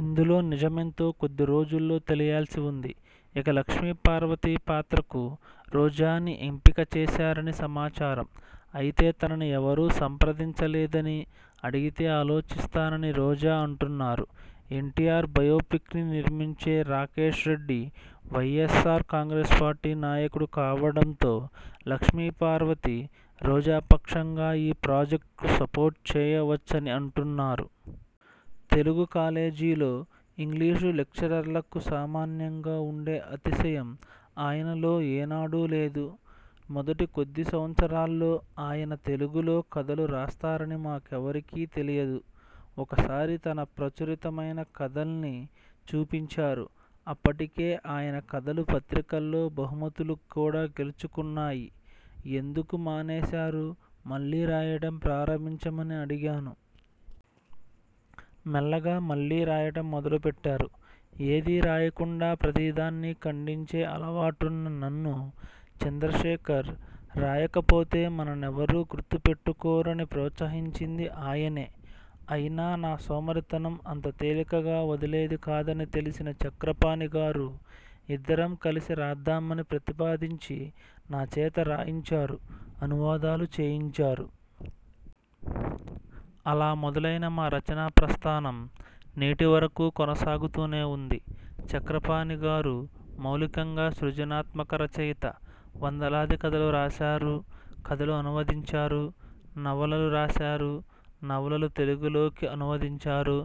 ఇందులో నిజమెంతో కొద్ది రోజుల్లో తెలియాల్సి ఉంది. ఇక లక్ష్మీపార్వతి పాత్రకు రోజాని ఎంపిక చేశారని సమాచారం. అయితే తనని ఎవరూ సంప్రదించలేదని, అడిగితే ఆలోచిస్తానని రోజా అంటున్నారు. ఎన్టీఆర్ బయోపిక్ని నిర్మించే రాకేశ్రెడ్డి వైఎస్సార్ కాంగ్రెస్ పార్టీ నాయకుడు కావడంతో లక్ష్మీపార్వతి, రోజా పరోక్షంగా ఈ ప్రాజెక్ట్కు సపోర్ట్ చేయవచ్చని అంటున్నారు. తెలుగు కాలేజీలో ఇంగ్లీషు లెక్చరర్లకు సామాన్యంగా ఉండే అతిశయం ఆయనలో ఏనాడూ లేదు. మొదటి కొద్ది సంవత్సరాల్లో ఆయన తెలుగులో కథలు రాస్తారని మాకెవరికీ తెలియదు. ఒకసారి తన ప్రచురితమైన కథల్ని చూపించారు. అప్పటికే ఆయన కథలు పత్రికల్లో బహుమతులు కూడా గెలుచుకున్నాయి. ఎందుకు మానేశారు, మళ్లీ రాయడం ప్రారంభించమని అడిగాను. మెల్లగా మళ్లీ రాయడం మొదలుపెట్టారు. ఏదీ రాయకుండా ప్రతిదాన్నీ ఖండించే అలవాటున్న నన్ను 'చంద్రశేఖర్! రాయకపోతే మననెవరూ గుర్తుపెటుకోర'ని ప్రోత్సహించింది ఆయనే. అయినా నా సోమరితనం అంత తేలికగా వదిలేది కాదని తెలిసిన చక్రపాణి గారు ఇద్దరం కలిసి రాద్దామని ప్రతిపాదించి నా చేత రాయించారు, అనువాదాలు చేయించారు. అలా మొదలైన మా రచనా ప్రస్థానం నేటివరకూ కొనసాగుతూనే ఉంది. చక్రపాణి గారు మౌలికంగా సృజనాత్మక రచయిత. వందలాది కథలు రాశారు, కథలు అనువదించారు. నవలలు రాశారు, నవలలు తెలుగులోకి అనువదించారు.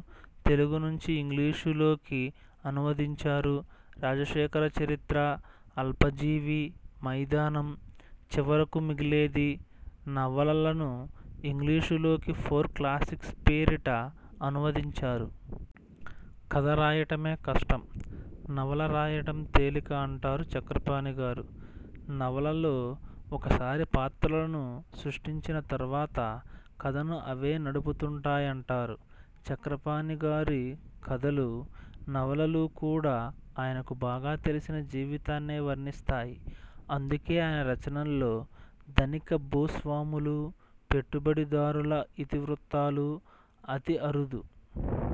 తెలుగు నుంచి ఇంగ్లీషులోకీ అనువదించారు. 'రాజశేఖర చరిత్ర', 'అల్పజీవి', 'మైదానం', 'చివరకు మిగిలేది' నవలలను ఇంగ్లీషులోకి ఫోర్ క్లాసిక్స్ పేరిట అనువదించారు. కథ రాయడమే కష్టం, నవల రాయడం తేలిక అంటారు చక్రపాణి గారు. నవలలో ఒకసారి పాత్రలను సృష్టించిన తర్వాత కథను అవే నడుపుతాయంటారు. చక్రపాణి గారి కథలూ, నవలలూ కూడా ఆయనకు బాగా తెలిసిన జీవితాన్నే వర్ణిస్తాయి. అందుకే ఆయన రచనల్లో ధనిక భూస్వాములూ, పెట్టుబడిదారుల ఇతివృత్తాలు అతి అరుదు.